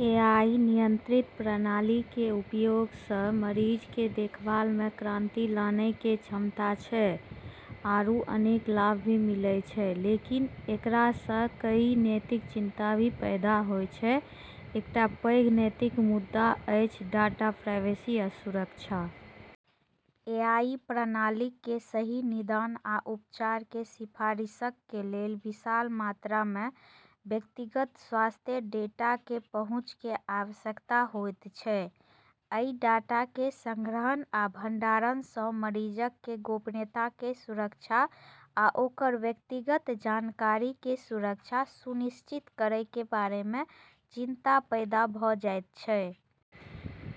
AI नियंत्रित प्रणाली के उपयोग स मरीज के देखभाल मे क्रांति लानै के क्षमता छै आरू अनेक लाभ भी मिलै छै, लेकिन एकरा स कई नैतिक चिंता भी पैदा होय छै। एकटा पैघ नैतिक मुद्दा अछि डाटा प्राइवेसी आ सुरक्षा। एआई प्रणालीक के सही निदान आ उपचार के सिफारिशक के लेल विशाल मात्रा मे व्यक्तिगत स्वास्थ्य डेटा के पहुंच के आवश्यकता होयत छै। अइ डाटा के संग्रहण आ भंडारण सं मरीजक के गोपनीयता के सुरक्षा आ ओकर व्यक्तिगत जानकारी के सुरक्षा सुनिश्चित करय के बारे मे चिंता पैदा भ जायत छै।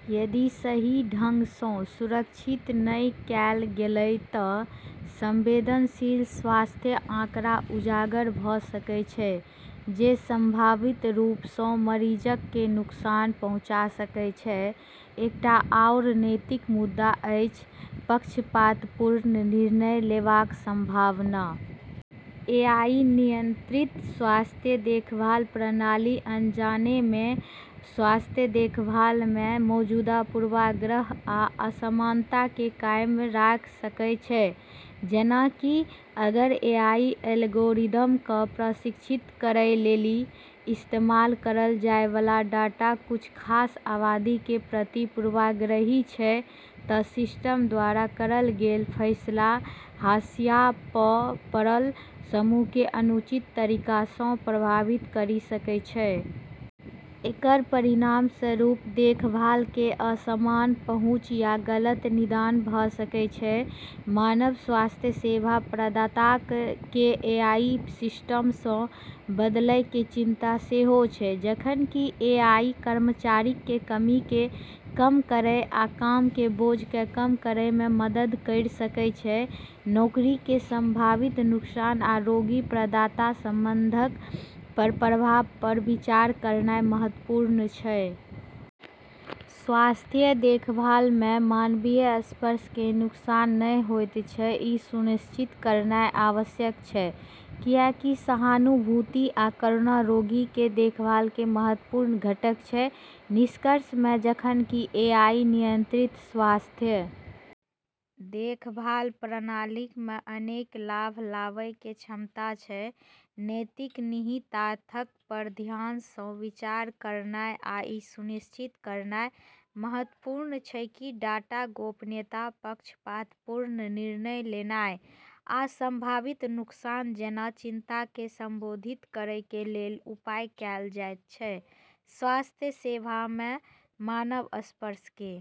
यदि सही ढंग सं सुरक्षित नहि कैल गेलय त संवेदनशील स्वास्थ्य आंकड़ा उजागर भ सकय छै, जे संभावित रूप सं मरीजक के नुकसान पहुंचा सकय छै। एकटा आओर नैतिक मुद्दा अछि पक्षपातपूर्ण निर्णय लेबाक संभावना। एआई नियंत्रित स्वास्थ्य देखभाल प्रणाली अनजाने मे स्वास्थ्य देखभाल मे मौजूदा पूर्वाग्रह आ असमानता के कायम राख सकय छै। जेना कि अगर एआई एल्गोरिदम क प्रशिक्षित करै लेली इस्तेमाल करल जाय वाला डाटा कुछ खास आबादी के प्रति पूर्वाग्रही छै, त सिस्टम द्वारा करल गेल फैसला हाशिया प पड़ल समूह क अनुचित तरीका स प्रभावित करी सकै छै। एकर परिणामस्वरूप देखभाल के असमान पहुंच या गलत निदान भ सकएय छै। मानव स्वास्थ्य सेवा प्रदाताक के एआई सिस्टम सं बदलय के चिंता सेहो छै। जखन कि एआई कर्मचारीक के कमी के कम करय आ काम के बोझ के कम करय मे मदद कयर सकय छै, नौकरी के संभावित नुकसान आ रोगी-प्रदाता संबंधक पर प्रभाव पर विचार करनाय महत्वपूर्ण छै। स्वास्थ्य देखभाल मे मानवीय स्पर्श के नुकसान नहि होयत छै, इ सुनिश्चित करनाय आवश्यक छै, कियाकि सहानुभूति आ करुणा रोगी के देखभाल के महत्वपूर्ण घटक छै। निष्कर्ष मे, जखन कि एआई नियंत्रित स्वास्थ्य देखभाल प्रणालीक मे अनेक लाभ लावय के क्षमता छै, नैतिक निहितार्थक पर ध्यान सं विचार करनाय आ इ सुनिश्चित करनाय महत्वपूर्ण छै की डाटा गोपनीयता, पक्षपातपूर्ण निर्णय लेनाय, आ संभावित नुकसान जैना चिंता के संबोधित करय के लेल उपाय कैल जायत छै स्वास्थ्य सेवा में मानव स्पर्श के।